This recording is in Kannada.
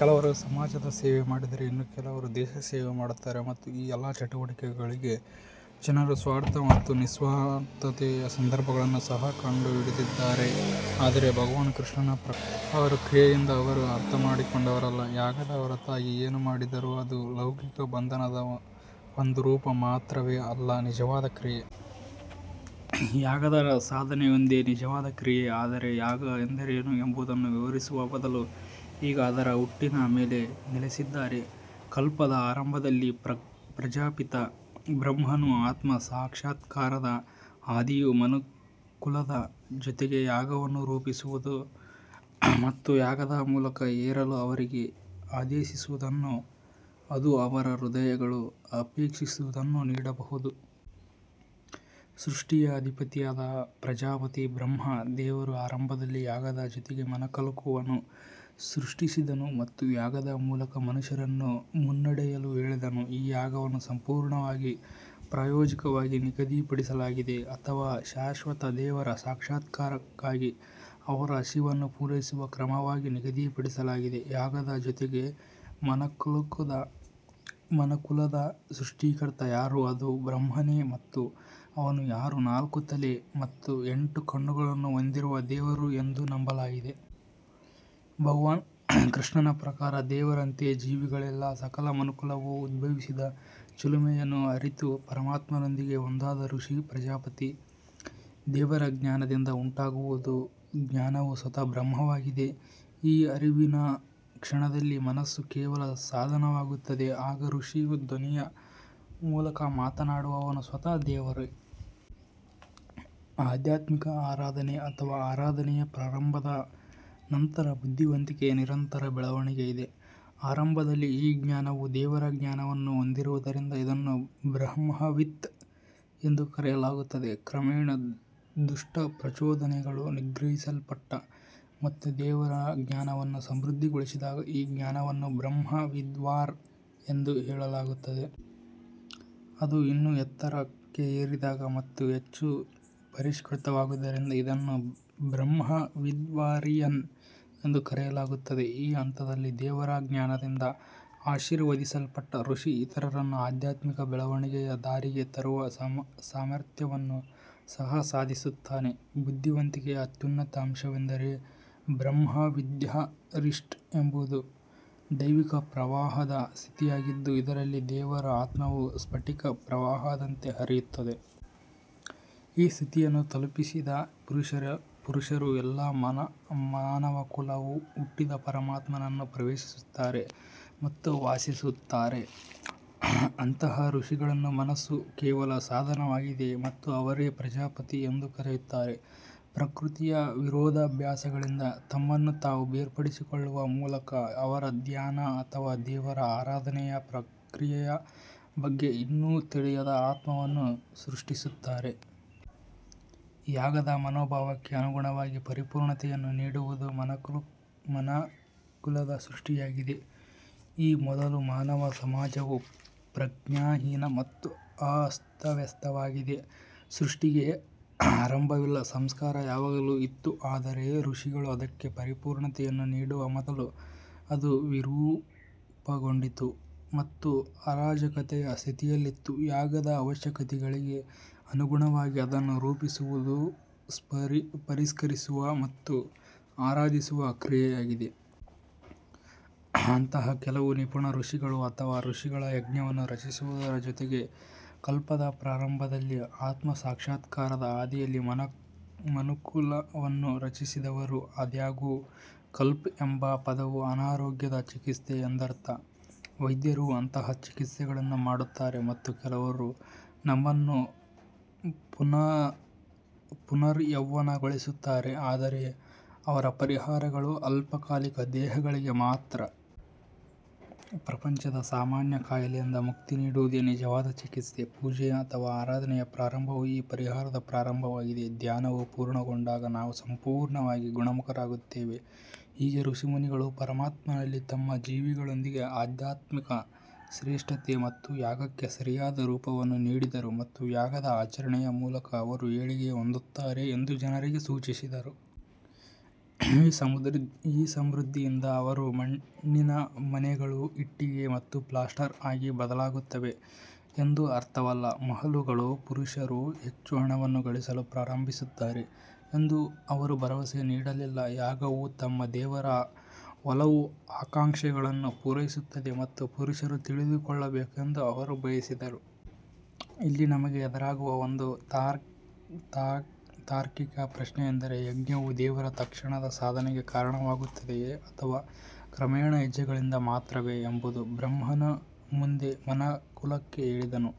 ಕೆಲವರು ಸಮಾಜ ಸೇವೆ ಮಾಡಿದರೆ ಇನ್ನು ಕೆಲವರು ದೇಶ ಸೇವೆ ಮಾಡುತ್ತಾರೆ ಮತ್ತು ಈ ಎಲ್ಲಾ ಚಟುವಟಿಕೆಗಳಿಗೆ ಜನರು ಸ್ವಾರ್ಥ ಮತ್ತು ನಿಸ್ವಾರ್ಥತೆಯ ಸಂದರ್ಭಗಳನ್ನು ಸಹ ಕಂಡುಹಿಡಿದಿದ್ದಾರೆ ಆದರೆ ಭಗವಾನ್ ಕೃಷ್ಣನ ಪ್ರಕಾರ ಅವರು ಕ್ರಿಯೆಯಿಂದ ಅವರು ಅರ್ಥಮಾಡಿಕೊಂಡವರಲ್ಲ. ಯಾಗದ ಹೊರತಾಗಿ ಏನು ಮಾಡಿದರೂ ಅದು ಲೌಕಿಕ ಬಂಧನದ ಒಂದು ರೂಪ ಮಾತ್ರವೇ ಅಲ್ಲ ನಿಜವಾದ ಕ್ರಿಯೆ. ಯಾಗದ ಸಾಧನೆಯೊಂದೇ ನಿಜವಾದ ಕ್ರಿಯೆ ಆದರೆ ಯಾಗ ಎಂದರೇನು ಎಂಬುದನ್ನು ವಿವರಿಸುವ ಬದಲು ಈಗ ಅದರ ಹುಟ್ಟಿನ ಮೇಲೆ ನೆಲೆಸಿದ್ದಾರೆ. ಕಲ್ಪದ ಆರಂಭದಲ್ಲಿ ಪ್ರಜಾಪಿತ ಬ್ರಹ್ಮನು ಆತ್ಮ ಸಾಕ್ಷಾತ್ಕಾರದ ಹಾದಿಯು ಮನುಕುಲದ ಜೊತೆಗೆ ಯಾಗವನ್ನು ರೂಪಿಸಿದನು ಮತ್ತು ಯಾಗದ ಮೂಲಕ ಏರಲು ಅವರಿಗೆ ಆದೇಶಿಸಿದನು ಅದು ಅವರ ಹೃದಯಗಳು ಅಪೇಕ್ಷಿಸುವುದನ್ನು ನೀಡಬಹುದು. ಸೃಷ್ಟಿಯ ಅಧಿಪತಿಯಾದ ಪ್ರಜಾಪತಿ ಬ್ರಹ್ಮ ದೇವರು ಆರಂಭದಲ್ಲಿ ಯಾಗದ ಜೊತೆಗೆ ಮನುಕುಲವನ್ನು ಸೃಷ್ಟಿಸಿದನು ಮತ್ತು ಯಾಗದ ಮೂಲಕ ಮನುಷ್ಯರನ್ನು ಮುನ್ನಡೆಯಲು ಹೇಳಿದನು. ಈ ಯಾಗವನ್ನು ಸಂಪೂರ್ಣವಾಗಿ ಪ್ರಾಯೋಜಕವಾಗಿ ನಿಗದಿಪಡಿಸಲಾಗಿದೆ ಅಥವಾ ಶಾಶ್ವತ ದೇವರ ಸಾಕ್ಷಾತ್ಕಾರಕ್ಕಾಗಿ ಅವರ ಹಸಿವನ್ನು ಪೂರೈಸುವ ಕ್ರಮವಾಗಿ ನಿಗದಿಪಡಿಸಲಾಗಿದೆ. ಯಾಗದ ಜೊತೆಗೆ ಮನುಕುಲದ ಸೃಷ್ಟಿಕರ್ತ ಯಾರು ಅದು ಬ್ರಹ್ಮನೇ ಮತ್ತು ಅವನು ಯಾರು ನಾಲ್ಕು ತಲೆ ಮತ್ತು ಎಂಟು ಕಣ್ಣುಗಳನ್ನು ಹೊಂದಿರುವ ದೇವರು ಎಂದು ನಂಬಲಾಗಿದೆ. ಭಗವಾನ್ ಕೃಷ್ಣನ ಪ್ರಕಾರ ದೇವರಂತೆ ಜೀವಿಗಳಿಲ್ಲ. ಸಕಲ ಮನುಕುಲವು ಉದ್ಭವಿಸಿದ ಚಿಲುಮೆಯನ್ನು ಅರಿತು ಪರಮಾತ್ಮನೊಂದಿಗೆ ಒಂದಾದ ಋಷಿ ಪ್ರಜಾಪತಿ. ದೇವರ ಜ್ಞಾನದಿಂದ ಉಂಟಾಗುವ ಜ್ಞಾನವು ಸ್ವತಃ ಬ್ರಹ್ಮವಾಗಿದೆ. ಈ ಅರಿವಿನ ಕ್ಷಣದಲ್ಲಿ ಮನಸ್ಸು ಕೇವಲ ಸಾಧನವಾಗುತ್ತದೆ. ಆಗ ಋಷಿಯ ಧ್ವನಿಯ ಮೂಲಕ ಮಾತನಾಡುವವನು ಸ್ವತಃ ದೇವರೇ. ಆಧ್ಯಾತ್ಮಿಕ ಆರಾಧನೆ ಅಥವಾ ಆರಾಧನೆಯ ಪ್ರಾರಂಭದ ನಂತರ ಬುದ್ಧಿವಂತಿಕೆಯ ನಿರಂತರ ಬೆಳವಣಿಗೆ ಇದೆ. ಆರಂಭದಲ್ಲಿ ಈ ಜ್ಞಾನವು ದೇವರ ಜ್ಞಾನವನ್ನು ಹೊಂದಿರುವುದರಿಂದ ಇದನ್ನು ಬ್ರಹ್ಮವಿತ್ ಎಂದು ಕರೆಯಲಾಗುತ್ತದೆ. ಕ್ರಮೇಣ ದುಷ್ಟ ಪ್ರಚೋದನೆಗಳು ನಿಗ್ರಹಿಸಲ್ಪಟ್ಟಂತೆ ಮತ್ತು ದೇವರ ಜ್ಞಾನವನ್ನು ಸಮೃದ್ಧಗೊಳಿಸಿದಾಗ ಈ ಜ್ಞಾನವನ್ನು ಬ್ರಹ್ಮವಿದ್ವಾರ್ ಎಂದು ಹೇಳಲಾಗುತ್ತದೆ. ಅದು ಇನ್ನೂ ಎತ್ತರಕ್ಕೆ ಏರಿದಾಗ ಮತ್ತು ಹೆಚ್ಚು ಪರಿಷ್ಕೃತವಾಗುವುದರಿಂದ ಇದನ್ನು ಬ್ರಹ್ಮವಿದ್ವಾರಿಯನ್ ಎಂದು ಕರೆಯಲಾಗುತ್ತದೆ. ಈ ಹಂತದಲ್ಲಿ ದೇವರ ಜ್ಞಾನದಿಂದ ಆಶೀರ್ವದಿಸಲ್ಪಟ್ಟ ಋಷಿ ಇತರರನ್ನು ಆಧ್ಯಾತ್ಮಿಕ ಬೆಳವಣಿಗೆಯ ದಾರಿಗೆ ತರುವ ಸಾಮರ್ಥ್ಯವನ್ನು ಸಹ ಸಾಧಿಸುತ್ತಾನೆ. ಬುದ್ಧಿವಂತಿಕೆಯ ಅತ್ಯುನ್ನತ ಅಂಶವೆಂದರೆ ಬ್ರಹ್ಮವಿದ್ವಾರಿಷ್ಟ್ ಎಂಬುದು ದೈವಿಕ ಪ್ರವಾಹದ ಸ್ಥಿತಿಯಾಗಿದ್ದು ಇದರಲ್ಲಿ ದೇವರ ಆತ್ಮವು ಸ್ಫಟಿಕ ಪ್ರವಾಹದಂತೆ ಹರಿಯುತ್ತದೆ. ಈ ಸ್ಥಿತಿಯನ್ನು ತಲುಪಿದ ಪುರುಷರು ಎಲ್ಲ ಮಾನವಕುಲವು ಹುಟ್ಟಿದ ಪರಮಾತ್ಮನನ್ನು ಪ್ರವೇಶಿಸುತ್ತಾರೆ ಮತ್ತು ವಾಸಿಸುತ್ತಾರೆ. ಅಂತಹ ಋಷಿಗಳ ಮನಸ್ಸು ಕೇವಲ ಸಾಧನವಾಗಿದೆ ಮತ್ತು ಅವರೇ ಪ್ರಜಾಪತಿ ಎಂದು ಕರೆಯುತ್ತಾರೆ. ಪ್ರಕೃತಿಯ ವಿರೋಧಾಭಾಸಗಳಿಂದ ತಮ್ಮನ್ನು ತಾವು ಬೇರ್ಪಡಿಸಿಕೊಳ್ಳುವ ಮೂಲಕ ಅವರು ಧ್ಯಾನ ಅಥವಾ ದೇವರ ಆರಾಧನೆಯ ಪ್ರಕ್ರಿಯೆಯ ಬಗ್ಗೆ ಇನ್ನೂ ತಿಳಿಯದ ಆತ್ಮವನ್ನು ಸೃಷ್ಟಿಸುತ್ತಾರೆ. ಯಾಗದ ಮನೋಭಾವಕ್ಕೆ ಅನುಗುಣವಾಗಿ ಪರಿಪೂರ್ಣತೆಯನ್ನು ನೀಡುವುದು ಮನುಕುಲದ ಸೃಷ್ಟಿಯಾಗಿದೆ. ಈ ಮೊದಲು ಮಾನವ ಸಮಾಜವು ಪ್ರಜ್ಞಾಹೀನ ಮತ್ತು ಅಸ್ತವ್ಯಸ್ತವಾಗಿದೆ. ಸೃಷ್ಟಿಗೆ ಆರಂಭವಿಲ್ಲ. ಸಂಸ್ಕಾರ ಯಾವಾಗಲೂ ಇತ್ತು ಆದರೆ ಋಷಿಗಳು ಅದಕ್ಕೆ ಪರಿಪೂರ್ಣತೆಯನ್ನು ನೀಡುವ ಮೊದಲು ಅದು ವಿರೂಪಗೊಂಡಿತು ಮತ್ತು ಅರಾಜಕತೆಯ ಸ್ಥಿತಿಯಲ್ಲಿತ್ತು. ಯಾಗದ ಅವಶ್ಯಕತೆಗಳಿಗೆ ಅನುಗುಣವಾಗಿ ಅದನ್ನು ರೂಪಿಸುವುದು ಪರಿಷ್ಕರಿಸುವ ಮತ್ತು ಆರಾಧಿಸುವ ಕ್ರಿಯೆಯಾಗಿದೆ. ಅಂತಹ ಕೆಲವು ನಿಪುಣ ಋಷಿಗಳು ಅಥವಾ ಋಷಿಗಳು ಯಜ್ಞವನ್ನು ರಚಿಸುವುದರ ಜೊತೆಗೆ ಕಲ್ಪದ ಪ್ರಾರಂಭದಲ್ಲಿ ಆತ್ಮ ಸಾಕ್ಷಾತ್ಕಾರದ ಹಾದಿಯಲ್ಲಿ ಮನುಕುಲವನ್ನು ರಚಿಸಿದರು. ಆದಾಗ್ಯೂ ಕಲ್ಪ್ ಎಂಬ ಪದವು ಅನಾರೋಗ್ಯದ ಚಿಕಿತ್ಸೆ ಎಂದರ್ಥ. ವೈದ್ಯರು ಅಂತಹ ಚಿಕಿತ್ಸೆಗಳನ್ನು ಮಾಡುತ್ತಾರೆ ಮತ್ತು ಕೆಲವರು ನಮ್ಮನ್ನು ಪುನರ್ಯೌವನಗೊಳಿಸುತ್ತಾರೆ ಆದರೆ ಅವರ ಪರಿಹಾರಗಳು ಅಲ್ಪಕಾಲಿಕ ದೇಹಗಳಿಗೆ ಮಾತ್ರ. ಪ್ರಪಂಚದ ಸಾಮಾನ್ಯ ಕಾಯಿಲೆಯಿಂದ ಮುಕ್ತಿ ನೀಡುವುದೇ ನಿಜವಾದ ಚಿಕಿತ್ಸೆ. ಪೂಜೆ ಅಥವಾ ಆರಾಧನೆಯ ಪ್ರಾರಂಭವು ಈ ಪರಿಹಾರದ ಪ್ರಾರಂಭವಾಗಿದೆ. ಧ್ಯಾನವು ಪೂರ್ಣಗೊಂಡಾಗ ನಾವು ಸಂಪೂರ್ಣವಾಗಿ ಗುಣಮುಖರಾಗುತ್ತೇವೆ. ಹೀಗೆ ಋಷಿಮುನಿಗಳು ಪರಮಾತ್ಮನಲ್ಲಿ ತಮ್ಮ ಜೀವಿಗಳೊಂದಿಗೆ ಆಧ್ಯಾತ್ಮಿಕ ಶ್ರೇಷ್ಠತೆ ಮತ್ತು ಯಾಗಕ್ಕೆ ಸರಿಯಾದ ರೂಪವನ್ನು ನೀಡಿದರು ಮತ್ತು ಯಾಗದ ಆಚರಣೆಯ ಮೂಲಕ ಅವರು ಏಳಿಗೆ ಹೊಂದುತ್ತಾರೆ ಎಂದು ಜನರಿಗೆ ಸೂಚಿಸಿದರು. ಈ ಸಮೃದ್ಧಿಯಿಂದ ಅವರು ಮಣ್ಣಿನ ಮನೆಗಳು ಇಟ್ಟಿಗೆ ಮತ್ತು ಪ್ಲಾಸ್ಟರ್ ಆಗಿ ಬದಲಾಗುತ್ತವೆ ಎಂದು ಅರ್ಥವಲ್ಲ. ಮಹಲುಗಳು ಪುರುಷರು ಹೆಚ್ಚು ಹಣವನ್ನು ಗಳಿಸಲು ಪ್ರಾರಂಭಿಸುತ್ತಾರೆ ಎಂದು ಅವರು ಭರವಸೆ ನೀಡಲಿಲ್ಲ. ಯಾಗವು ತಮ್ಮ ದೇವರ ಒಲವು ಆಕಾಂಕ್ಷೆಗಳನ್ನು ಪೂರೈಸುತ್ತದೆ ಎಂದು ಪುರುಷರು ತಿಳಿದುಕೊಳ್ಳಬೇಕೆಂದು ಅವರು ಬಯಸಿದರು. ಇಲ್ಲಿ ನಮಗೆ ಎದುರಾಗುವ ಒಂದು ತಾರ್ಕಿಕ ಪ್ರಶ್ನೆಯೆಂದರೆ ಯಜ್ಞವು ದೇವರ ತಕ್ಷಣದ ಸಾಧನೆಗೆ ಕಾರಣವಾಗುತ್ತದೆಯೇ ಅಥವಾ ಕ್ರಮೇಣ ಹೆಜ್ಜೆಗಳಿಂದ ಮಾತ್ರವೇ ಎಂಬುದು. ಬ್ರಹ್ಮನು ಮುಂದೆ ಮನುಕುಲಕ್ಕೆ ಹೇಳಿದನು.